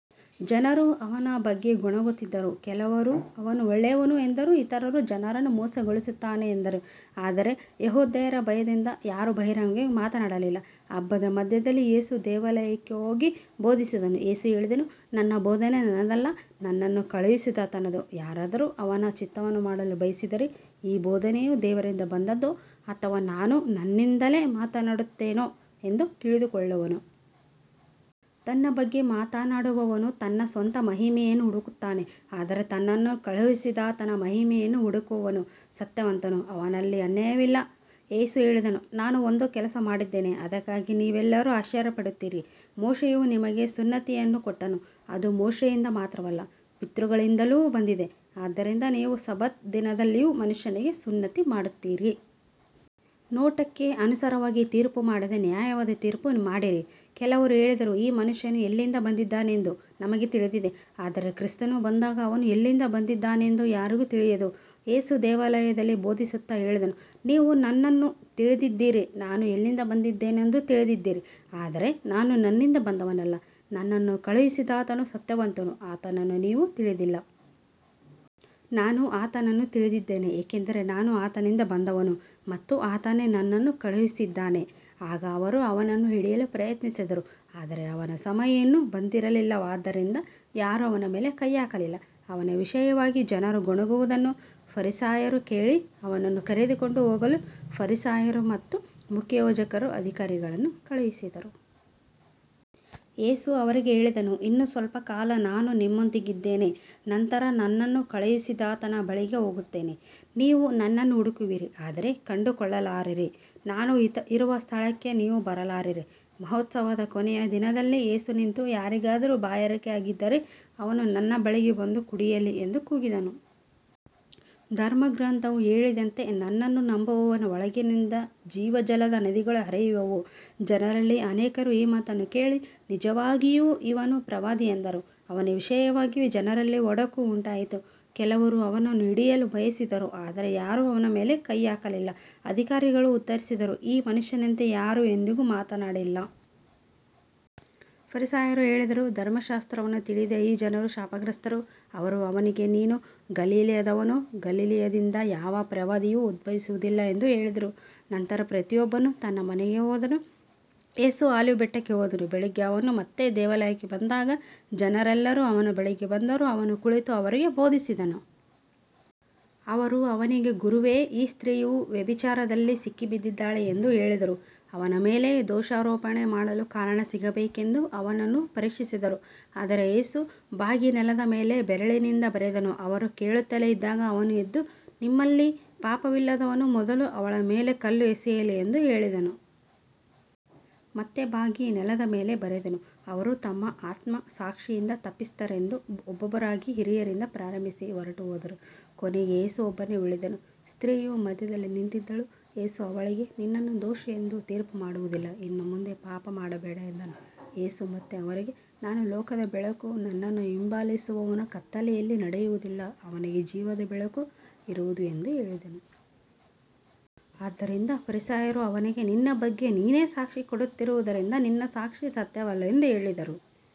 ಜನರು ಅವನ ಬಗ್ಗೆ ಗೊಣಗುತ್ತಿದ್ದರು, ಕೆಲವರು ಅವನು ಒಳ್ಳೆಯವನು ಎಂದರು, ಇತರರು ಜನರನ್ನು ಮೋಸಗೊಳಿಸುತ್ತಾನೆ ಎಂದರು, ಆದರೆ ಯೆಹೂದ್ಯರ ಭಯದಿಂದ ಯಾರೂ ಬಹಿರಂಗವಾಗಿ ಮಾತನಾಡಲಿಲ್ಲ. ಹಬ್ಬದ ಮಧ್ಯದಲ್ಲಿ ಯೇಸು ದೇವಾಲಯಕ್ಕೆ ಹೋಗಿ ಬೋಧಿಸಿದನು. ಯೇಸು ಹೇಳಿದನು, ನನ್ನ ಬೋಧನೆ ನನ್ನದಲ್ಲ, ನನ್ನನ್ನು ಕಳುಹಿಸಿದಾತನದು. ಯಾರಾದರೂ ಅವನ ಚಿತ್ತವನ್ನು ಮಾಡಲು ಬಯಸಿದರೆ ಈ ಬೋಧನೆಯು ದೇವರಿಂದ ಬಂದದ್ದೋ ಅಥವಾ ನಾನು ನನ್ನಿಂದಲೇ ಮಾತನಾಡುತ್ತೇನೋ ಎಂದು ತಿಳಿದುಕೊಳ್ಳುವನು. ತನ್ನ ಬಗ್ಗೆ ಮಾತನಾಡುವವನು ತನ್ನ ಸ್ವಂತ ಮಹಿಮೆಯನ್ನು ಹುಡುಕುತ್ತಾನೆ, ಆದರೆ ತನ್ನನ್ನು ಕಳುಹಿಸಿದಾತನ ಮಹಿಮೆಯನ್ನು ಹುಡುಕುವವನು ಸತ್ಯವಂತನು, ಅವನಲ್ಲಿ ಅನ್ಯಾಯವಿಲ್ಲ. ಯೇಸು ಹೇಳಿದನು, ನಾನು ಒಂದು ಕೆಲಸ ಮಾಡಿದ್ದೇನೆ, ಅದಕ್ಕಾಗಿ ನೀವೆಲ್ಲರೂ ಆಶ್ಚರ್ಯಪಡುತ್ತೀರಿ. ಮೋಶೆಯು ನಿಮಗೆ ಸುನ್ನತಿಯನ್ನು ಕೊಟ್ಟನು, ಅದು ಮೋಶೆಯಿಂದ ಮಾತ್ರವಲ್ಲ, ಪಿತೃಗಳಿಂದಲೂ ಬಂದಿದೆ, ಆದ್ದರಿಂದ ನೀವು ಸಬ್ಬತ್ ದಿನದಲ್ಲಿಯೂ ಮನುಷ್ಯನಿಗೆ ಸುನ್ನತಿ ಮಾಡುತ್ತೀರಿ. ನೋಟಕ್ಕೆ ಅನುಸಾರವಾಗಿ ತೀರ್ಪು ಮಾಡದೆ ನ್ಯಾಯವಾದ ತೀರ್ಪು ಮಾಡಿರಿ. ಕೆಲವರು ಹೇಳಿದರು, ಈ ಮನುಷ್ಯನು ಎಲ್ಲಿಂದ ಬಂದಿದ್ದಾನೆಂದು ನಮಗೆ ತಿಳಿದಿದೆ, ಆದರೆ ಕ್ರಿಸ್ತನು ಬಂದಾಗ ಅವನು ಎಲ್ಲಿಂದ ಬಂದಿದ್ದಾನೆಂದು ಯಾರಿಗೂ ತಿಳಿಯದು. ಯೇಸು ದೇವಾಲಯದಲ್ಲಿ ಬೋಧಿಸುತ್ತಾ ಹೇಳಿದನು, ನೀವು ನನ್ನನ್ನು ತಿಳಿದಿದ್ದೀರಿ, ನಾನು ಎಲ್ಲಿಂದ ಬಂದಿದ್ದೇನೆಂದೂ ತಿಳಿದಿದ್ದೀರಿ, ಆದರೆ ನಾನು ನನ್ನಿಂದ ಬಂದವನಲ್ಲ, ನನ್ನನ್ನು ಕಳುಹಿಸಿದಾತನು ಸತ್ಯವಂತನು, ಆತನನ್ನು ನೀವು ತಿಳಿದಿಲ್ಲ. ನಾನು ಆತನನ್ನು ತಿಳಿದಿದ್ದೇನೆ, ಏಕೆಂದರೆ ನಾನು ಆತನಿಂದ ಬಂದವನು ಮತ್ತು ಆತನೇ ನನ್ನನ್ನು ಕಳುಹಿಸಿದ್ದಾನೆ. ಆಗ ಅವರು ಅವನನ್ನು ಹಿಡಿಯಲು ಪ್ರಯತ್ನಿಸಿದರು, ಆದರೆ ಅವನ ಸಮಯ ಇನ್ನೂ ಬಂದಿರಲಿಲ್ಲವಾದ್ದರಿಂದ ಯಾರೂ ಅವನ ಮೇಲೆ ಕೈ ಹಾಕಲಿಲ್ಲ. ಅವನ ವಿಷಯವಾಗಿ ಜನರು ಗೊಣಗುವುದನ್ನು ಫರಿಸಾಯರು ಕೇಳಿ, ಅವನನ್ನು ಕರೆದುಕೊಂಡು ಹೋಗಲು ಫರಿಸಾಯರು ಮತ್ತು ಮುಖ್ಯಯಾಜಕರು ಅಧಿಕಾರಿಗಳನ್ನು ಕಳುಹಿಸಿದರು. ಯೇಸು ಅವರಿಗೆ ಹೇಳಿದನು, ಇನ್ನೂ ಸ್ವಲ್ಪ ಕಾಲ ನಾನು ನಿಮ್ಮೊಂದಿಗಿದ್ದೇನೆ, ನಂತರ ನನ್ನನ್ನು ಕಳುಹಿಸಿದಾತನ ಬಳಿಗೆ ಹೋಗುತ್ತೇನೆ. ನೀವು ನನ್ನನ್ನು ಹುಡುಕುವಿರಿ, ಆದರೆ ಕಂಡುಕೊಳ್ಳಲಾರಿರಿ, ನಾನು ಇರುವ ಸ್ಥಳಕ್ಕೆ ನೀವು ಬರಲಾರಿರಿ. ಮಹೋತ್ಸವದ ಕೊನೆಯ ದಿನದಲ್ಲಿ ಯೇಸು ನಿಂತು, ಯಾರಿಗಾದರೂ ಬಾಯಾರಿಕೆಯಾಗಿದ್ದರೆ ಅವನು ನನ್ನ ಬಳಿಗೆ ಬಂದು ಕುಡಿಯಲಿ ಎಂದು ಕೂಗಿದನು. ಧರ್ಮಗ್ರಂಥವು ಹೇಳಿದಂತೆ, ನನ್ನನ್ನು ನಂಬುವವನ ಒಳಗಿನಿಂದ ಜೀವಜಲದ ನದಿಗಳು ಹರಿಯುವವು. ಜನರಲ್ಲಿ ಅನೇಕರು ಈ ಮಾತನ್ನು ಕೇಳಿ, ನಿಜವಾಗಿಯೂ ಇವನು ಪ್ರವಾದಿ ಎಂದರು. ಅವನ ವಿಷಯವಾಗಿ ಜನರಲ್ಲಿ ಒಡಕು ಉಂಟಾಯಿತು, ಕೆಲವರು ಅವನನ್ನು ಹಿಡಿಯಲು ಬಯಸಿದರು, ಆದರೆ ಯಾರೂ ಅವನ ಮೇಲೆ ಕೈ ಹಾಕಲಿಲ್ಲ. ಅಧಿಕಾರಿಗಳು ಉತ್ತರಿಸಿದರು, ಈ ಮನುಷ್ಯನಂತೆ ಯಾರೂ ಎಂದಿಗೂ ಮಾತನಾಡಿಲ್ಲ. ಫರಿಸಾಯರು ಹೇಳಿದರು, ಧರ್ಮಶಾಸ್ತ್ರವನ್ನು ತಿಳಿಯದ ಈ ಜನರು ಶಾಪಗ್ರಸ್ತರು. ಅವರು ಅವನಿಗೆ, ನೀನೂ ಗಲಿಲಾಯದವನೋ, ಗಲಿಲಾಯದಿಂದ ಯಾವ ಪ್ರವಾದಿಯೂ ಉದ್ಭವಿಸುವುದಿಲ್ಲ ಎಂದು ಹೇಳಿದರು. ನಂತರ ಪ್ರತಿಯೊಬ್ಬನು ತನ್ನ ಮನೆಗೆ ಹೋದನು. ಯೇಸು ಆಲಿವ್ ಬೆಟ್ಟಕ್ಕೆ ಹೋದನು. ಬೆಳಿಗ್ಗೆ ಅವನು ಮತ್ತೆ ದೇವಾಲಯಕ್ಕೆ ಬಂದಾಗ ಜನರೆಲ್ಲರೂ ಅವನ ಬಳಿಗೆ ಬಂದರು, ಅವನು ಕುಳಿತು ಅವರಿಗೆ ಬೋಧಿಸಿದನು. ಅವರು ಅವನಿಗೆ, ಗುರುವೇ, ಈ ಸ್ತ್ರೀಯು ವ್ಯಭಿಚಾರದಲ್ಲಿ ಸಿಕ್ಕಿಬಿದ್ದಿದ್ದಾಳೆ ಎಂದು ಹೇಳಿದರು. ಅವನ ಮೇಲೆ ದೋಷಾರೋಪಣೆ ಮಾಡಲು ಕಾರಣ ಸಿಗಬೇಕೆಂದು ಅವನನ್ನು ಪರೀಕ್ಷಿಸಿದರು, ಆದರೆ ಯೇಸು ಬಾಗಿ ನೆಲದ ಮೇಲೆ ಬೆರಳಿನಿಂದ ಬರೆದನು. ಅವರು ಕೇಳುತ್ತಲೇ ಇದ್ದಾಗ ಅವನು ಎದ್ದು, ನಿಮ್ಮಲ್ಲಿ ಪಾಪವಿಲ್ಲದವನು ಮೊದಲು ಅವಳ ಮೇಲೆ ಕಲ್ಲು ಎಸೆಯಲಿ ಎಂದು ಹೇಳಿದನು. ಮತ್ತೆ ಬಾಗಿ ನೆಲದ ಮೇಲೆ ಬರೆದನು. ಅವರು ತಮ್ಮ ಆತ್ಮಸಾಕ್ಷಿಯಿಂದ ತಪ್ಪಿತಸ್ಥರೆಂದು ಒಬ್ಬೊಬ್ಬರಾಗಿ ಹಿರಿಯರಿಂದ ಪ್ರಾರಂಭಿಸಿ ಹೊರಟುಹೋದರು. ಕೊನೆಗೆ ಯೇಸು ಒಬ್ಬನೇ ಉಳಿದನು, ಸ್ತ್ರೀಯು ಮಧ್ಯದಲ್ಲಿ ನಿಂತಿದ್ದಳು. ಯೇಸು ಅವಳಿಗೆ, ನಿನ್ನನ್ನು ದೋಷಿ ಎಂದು ತೀರ್ಪುಮಾಡುವುದಿಲ್ಲ, ಇನ್ನು ಮುಂದೆ ಪಾಪ ಮಾಡಬೇಡ ಎಂದನು. ಯೇಸು ಮತ್ತೆ ಅವರಿಗೆ, ನಾನು ಲೋಕದ ಬೆಳಕು, ನನ್ನನ್ನು ಹಿಂಬಾಲಿಸುವವನು ಕತ್ತಲೆಯಲ್ಲಿ ನಡೆಯುವುದಿಲ್ಲ, ಅವನಿಗೆ ಜೀವದ ಬೆಳಕು ಇರುವುದು ಎಂದು ಹೇಳಿದನು. ಆದ್ದರಿಂದ ಫರಿಸಾಯರು ಅವನಿಗೆ, ನಿನ್ನ ಬಗ್ಗೆ ನೀನೇ ಸಾಕ್ಷಿ ಕೊಡುತ್ತಿರುವುದರಿಂದ ನಿನ್ನ ಸಾಕ್ಷಿ ಸತ್ಯವಲ್ಲ ಎಂದು ಹೇಳಿದರು.